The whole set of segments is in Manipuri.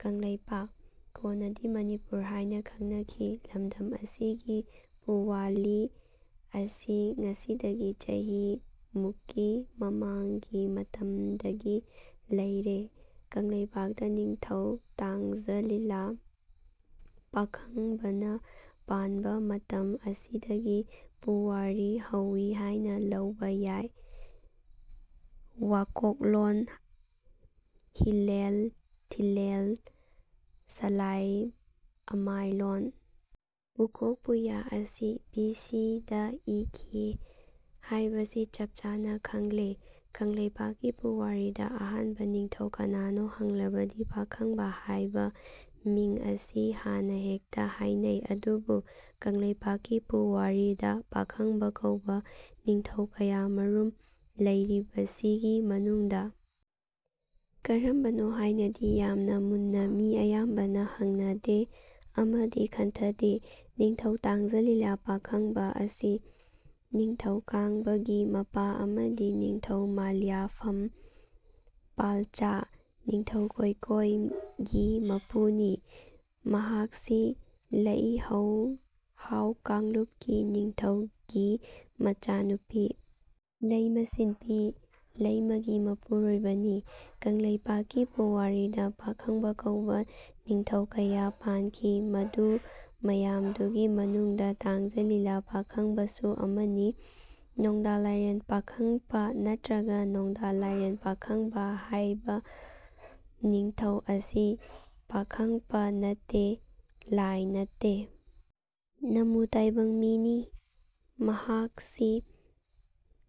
ꯀꯪꯂꯩꯄꯥꯛ (ꯀꯣꯟꯅꯗꯤ ꯃꯅꯤꯄꯨꯔ ꯍꯥꯢꯅ ꯈꯪꯅꯈꯤꯕ) ꯂꯝꯗꯝ ꯑꯁꯤꯒꯤ ꯄꯨꯋꯥꯂꯤ ꯑꯁꯤ ꯉꯁꯤꯗꯒꯤ ꯆꯍꯤ ꯃꯨꯛꯀꯤ ꯃꯃꯥꯡꯒꯤ ꯃꯇꯝꯗꯒꯤ ꯂꯩꯔꯦ꯫ ꯀꯪꯂꯩꯄꯥꯛꯇ ꯅꯤꯡꯊꯧ ꯇꯥꯡꯖ ꯂꯤꯂ ꯄꯥꯈꯪꯕꯅ ꯄꯥꯟꯕ ꯃꯇꯝ ꯑꯁꯤꯗꯒꯤ ꯄꯨꯋꯥꯔꯤ ꯍꯧꯏ ꯍꯥꯢꯅ ꯂꯧꯕ ꯌꯥꯢ꯫ ꯋꯥꯀꯣꯛꯂꯣꯟ ꯍꯤꯂꯦꯜ ꯊꯤꯂꯦꯜ ꯁꯂꯥꯏ ꯑꯃꯥꯏꯂꯣꯟ ꯄꯨꯀꯣꯛ ꯄꯨꯌꯥ ꯑꯁꯤ ꯕꯤ ꯁꯤ ꯗ ꯏꯈꯤ ꯍꯥꯢꯕꯁꯤ ꯆꯞ ꯆꯥꯅ ꯈꯪꯂꯦ꯫ ꯀꯪꯂꯩꯄꯥꯛꯀꯤ ꯄꯨꯋꯥꯔꯤꯗ ꯑꯍꯥꯟꯕ ꯅꯤꯡꯊꯧ ꯀꯅꯥꯅꯣ ꯍꯪꯂꯕꯗꯤ ꯄꯥꯈꯪꯕ ꯍꯥꯢꯕ ꯃꯤꯡ ꯑꯁꯤ ꯍꯥꯟꯅ ꯍꯦꯛꯇ ꯍꯥꯢꯅꯩ꯫ ꯑꯗꯨꯕꯨ ꯀꯪꯂꯩꯄꯥꯛꯀꯤ ꯄꯨꯋꯥꯔꯤꯗ ꯄꯥꯈꯪꯕ ꯀꯧꯕ ꯅꯤꯡꯊꯧ ꯀꯌꯥꯃꯔꯨꯝ ꯂꯩꯔꯤꯕꯁꯤꯒꯤ ꯃꯅꯨꯡꯗ ꯀꯔꯝꯕꯅꯣ ꯍꯥꯢꯅꯗꯤ ꯌꯥꯝꯅ ꯃꯨꯟꯅ ꯃꯤ ꯑꯌꯥꯝꯕꯅ ꯍꯪꯅꯗꯦ ꯑꯃꯗꯤ ꯈꯟꯊꯗꯦ꯫ ꯅꯤꯡꯊꯧ ꯇꯥꯡꯖ ꯂꯤꯂ ꯄꯥꯈꯪꯕ ꯑꯁꯤ ꯅꯤꯡꯊꯧ ꯀꯥꯡꯕ ꯒꯤ ꯃꯄꯥ ꯑꯃꯗꯤ ꯅꯤꯡꯊꯧ ꯃꯂꯤꯌꯥꯐꯝ ꯄꯥꯜꯆꯥ (ꯅꯤꯡꯊꯧ ꯀꯣꯢ ꯀꯣꯢ) ꯒꯤ ꯃꯄꯨꯅꯤ꯫ ꯃꯍꯥꯛꯁꯤ ꯂꯩꯍꯧ ꯍꯥꯎ ꯀꯥꯡꯂꯨꯞꯀꯤ ꯅꯤꯡꯊꯧꯒꯤ ꯃꯆꯥꯅꯨꯄꯤ ꯂꯩꯃ ꯁꯤꯟꯄꯤ ꯂꯩꯃꯒꯤ ꯃꯄꯨꯔꯣꯢꯕꯅꯤ꯫ ꯀꯪꯂꯩꯄꯥꯛꯀꯤ ꯄꯨꯋꯥꯔꯤꯗ "ꯄꯥꯈꯪꯕ" ꯀꯧꯕ ꯅꯤꯡꯊꯧ ꯀꯌꯥ ꯄꯥꯟꯈꯤ, ꯃꯗꯨ ꯃꯌꯥꯝꯗꯨꯒꯤ ꯃꯅꯨꯡꯗ "ꯇꯥꯡꯖ ꯂꯤꯂ ꯄꯥꯈꯪꯕ" ꯁꯨ ꯑꯃꯅꯤ꯫ ꯅꯣꯡꯗꯥ ꯂꯥꯢꯂꯦꯟ ꯄꯥꯈꯪꯄ ꯅꯠꯇ꯭ꯔꯒ ꯅꯣꯡꯗꯥ ꯂꯥꯏꯔꯦꯟ ꯄꯥꯈꯪꯕ ꯍꯥꯏꯕ ꯅꯤꯡꯊꯧ ꯑꯁꯤ ꯄꯥꯈꯪꯄ ꯅꯠꯇꯦ, ꯂꯥꯏ ꯅꯠꯇꯦ, ꯅꯃꯨ ꯇꯥꯏꯕꯪ ꯃꯤꯅꯤ꯫ ꯃꯍꯥꯛꯁꯤ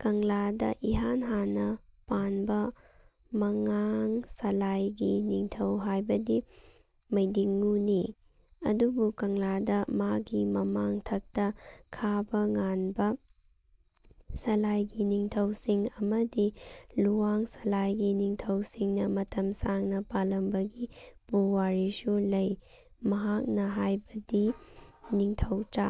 ꯀꯪꯂꯥꯗ ꯏꯍꯥꯟ ꯍꯥꯟꯅ ꯄꯥꯟꯕ ꯃꯉꯥꯡ ꯁꯂꯥꯏꯒꯤ ꯅꯤꯡꯊꯧ ꯍꯥꯏꯕꯗꯤ ꯃꯩꯗꯤꯡꯉꯨꯅꯤ꯫ ꯑꯗꯨꯕꯨ ꯀꯪꯂꯥꯗ ꯃꯥꯒꯤ ꯃꯃꯥꯡꯊꯛꯇ ꯈꯥꯕ ꯉꯥꯟꯕ ꯁꯂꯥꯏꯒꯤ ꯅꯤꯡꯊꯧꯁꯤꯡ ꯑꯃꯗꯤ ꯂꯨꯋꯥꯡ ꯁꯂꯥꯏꯒꯤ ꯅꯤꯡꯊꯧꯁꯤꯡꯅ ꯃꯇꯝ ꯁꯥꯡꯅ ꯄꯥꯜꯂꯝꯕꯒꯤ ꯄꯨꯋꯥꯔꯤꯁꯨ ꯂꯩ꯫ ꯃꯍꯥꯛꯅ ꯍꯥꯏꯕꯗꯤ ꯅꯤꯡꯊꯧꯆꯥ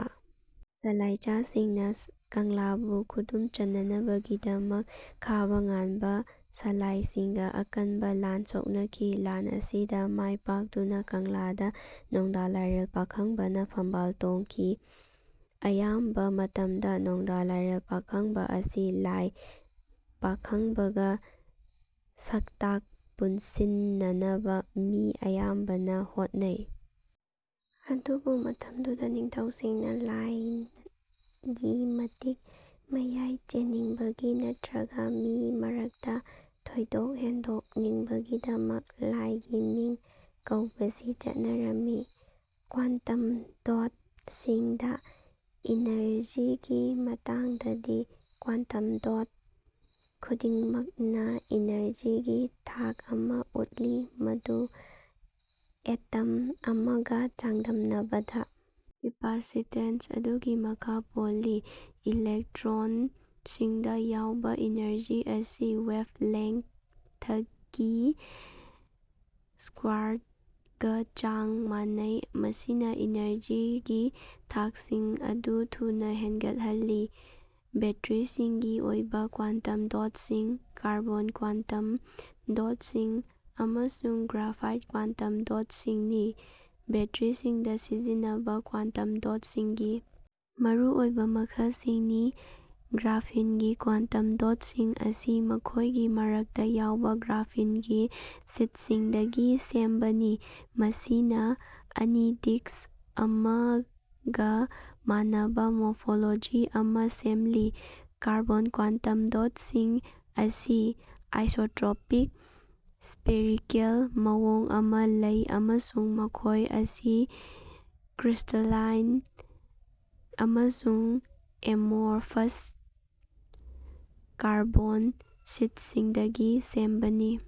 ꯁꯂꯥꯏꯆꯥꯁꯤꯡꯅ ꯀꯪꯂꯥꯕꯨ ꯈꯨꯗꯨꯝ ꯆꯟꯅꯅꯕꯒꯤꯗꯃꯛ ꯈꯥꯕ ꯉꯥꯟꯕ ꯁꯂꯥꯏꯆꯥꯁꯤꯡꯒ ꯑꯀꯟꯕ ꯂꯥꯟ ꯁꯣꯛꯅꯈꯤ꯫ ꯂꯥꯟ ꯑꯁꯤꯗ ꯃꯥꯏ ꯄꯥꯛꯇꯨꯅ ꯀꯪꯂꯥꯗ ꯅꯣꯡꯗꯥ ꯂꯥꯏꯔꯦꯜ ꯄꯥꯈꯪꯕꯅ ꯐꯝꯕꯥꯜ ꯇꯣꯡꯈꯤ꯫ ꯑꯌꯥꯝꯕ ꯃꯇꯝꯗ ꯅꯣꯡꯗꯥ ꯂꯥꯏꯂꯦꯜ ꯄꯥꯈꯪꯕ ꯑꯁꯤ ꯂꯥꯏ ꯄꯥꯈꯪꯕꯒ ꯁꯛꯇꯥꯛ ꯄꯨꯟꯁꯤꯟꯅꯅꯕ ꯃꯤ ꯑꯌꯥꯝꯕꯅ ꯍꯣꯠꯅꯩ꯫ ꯑꯗꯨꯕꯨ ꯃꯇꯝꯗꯨꯗ ꯅꯤꯡꯊꯧꯁꯤꯡꯅ ꯂꯥꯏ ꯒꯤ ꯃꯇꯤꯛ ꯃꯌꯥꯏ ꯆꯦꯟꯅꯤꯡꯕꯒꯤ ꯅꯠꯇ꯭ꯔꯒ ꯃꯤ ꯃꯔꯛꯇ ꯊꯣꯏꯗꯣꯛ ꯍꯦꯟꯗꯣꯛꯅꯤꯡꯕꯒꯤꯗꯃꯛ ꯂꯥꯏꯒꯤ ꯃꯤꯡ ꯀꯧꯕꯁꯤ ꯆꯠꯅꯔꯝꯃꯤ꯫ ꯀ꯭ꯋꯥꯟꯇꯝ ꯗꯣꯠ ꯁꯤꯡꯗ ꯏꯅꯔꯖꯤꯒꯤ ꯃꯇꯥꯡꯗꯗꯤ, ꯀ꯭ꯋꯥꯟꯇꯝ ꯗꯣꯠ ꯈꯨꯗꯤꯡꯃꯛꯅ ꯏꯅꯔꯖꯤꯒꯤ ꯊꯥꯛ ꯑꯃ ꯎꯠꯂꯤ ꯃꯗꯨ ꯑꯦꯇꯝ ꯑꯃꯒ ꯆꯥꯡꯗꯝꯅꯕꯗ ꯀꯦꯄꯁꯤꯇꯦꯟꯁ ꯑꯗꯨꯒꯤ ꯃꯈꯥ ꯄꯣꯜꯂꯤ꯫ ꯏꯂꯦꯛꯇ꯭ꯔꯣꯟꯁꯤꯡꯗ ꯌꯥꯎꯕ ꯏꯅꯔꯖꯤ ꯑꯁꯤ ꯋꯦꯚꯂꯦꯊꯀꯤ ꯁꯀ꯭ꯋꯥꯔꯒ ꯆꯥꯡ ꯃꯥꯟꯅꯩ꯫ ꯃꯁꯤꯅ ꯏꯅꯔꯖꯤꯒꯤ ꯊꯥꯛꯁꯤꯡ ꯑꯗꯨ ꯊꯨꯅ ꯍꯦꯟꯒꯠꯍꯜꯂꯤ ꯕꯦꯇ꯭ꯔꯤꯁꯤꯡꯒꯤ ꯑꯣꯏꯕ ꯀ꯭ꯋꯥꯟꯇꯝ ꯗꯣꯠꯁꯤꯡ ꯀꯥꯔꯕꯣꯟ ꯀ꯭ꯋꯥꯟꯇꯝ ꯗꯣꯠꯁꯤꯡ ꯑꯃꯁꯨꯡ ꯒ꯭ꯔꯥꯐꯥꯏꯠ ꯀ꯭ꯋꯥꯟꯇꯝ ꯗꯣꯠꯁꯤꯡꯅꯤ꯫ ꯕꯦꯇ꯭ꯔꯤꯁꯤꯡꯗ ꯁꯤꯖꯤꯟꯅꯕ ꯀ꯭ꯋꯥꯟꯇꯝ ꯗꯣꯠꯁꯤꯡꯒꯤ ꯃꯔꯨꯑꯣꯏꯕ ꯃꯈꯜꯁꯤꯡꯅꯤ꯫ ꯒ꯭ꯔꯥꯐꯦꯟꯒꯤ ꯀ꯭ꯋꯥꯟꯇꯝ ꯗꯣꯠꯁꯤꯡ ꯑꯁꯤ ꯃꯈꯣꯏꯒꯤ ꯃꯔꯛꯇ ꯌꯥꯎꯕ ꯒ꯭ꯔꯥꯐꯤꯟꯒꯤ ꯁꯤꯠꯁꯤꯡꯗꯒꯤ ꯁꯦꯝꯕꯅꯤ, ꯃꯁꯤꯅ ꯑꯅꯤ-ꯗꯤꯁ꯭ꯛ ꯑꯃꯒ ꯃꯥꯟꯅꯕ ꯃꯣꯐꯣꯂꯣꯖꯤ ꯑꯃ ꯁꯦꯝꯂꯤ꯫ ꯀꯥꯔꯕꯣꯟ ꯀ꯭ꯋꯥꯟꯇꯝ ꯗꯣꯠꯁꯤꯡ ꯑꯁꯤ ꯑꯥꯏꯁꯣꯇ꯭ꯔꯣꯄꯤꯛ ꯁ꯭ꯄꯦꯔꯤꯀꯦꯜ ꯃꯑꯣꯡ ꯑꯃ ꯂꯩ ꯑꯃꯁꯨꯡ ꯃꯈꯣꯏ ꯑꯁꯤ ꯀ꯭ꯔꯤꯁꯇꯂꯥꯏꯟ ꯑꯃꯁꯨꯡ ꯑꯦꯃꯣꯔꯐꯁ ꯀꯥꯔꯕꯣꯟ ꯁꯤꯠꯁꯤꯡꯗꯒꯤ ꯁꯦꯝꯕꯅꯤ꯫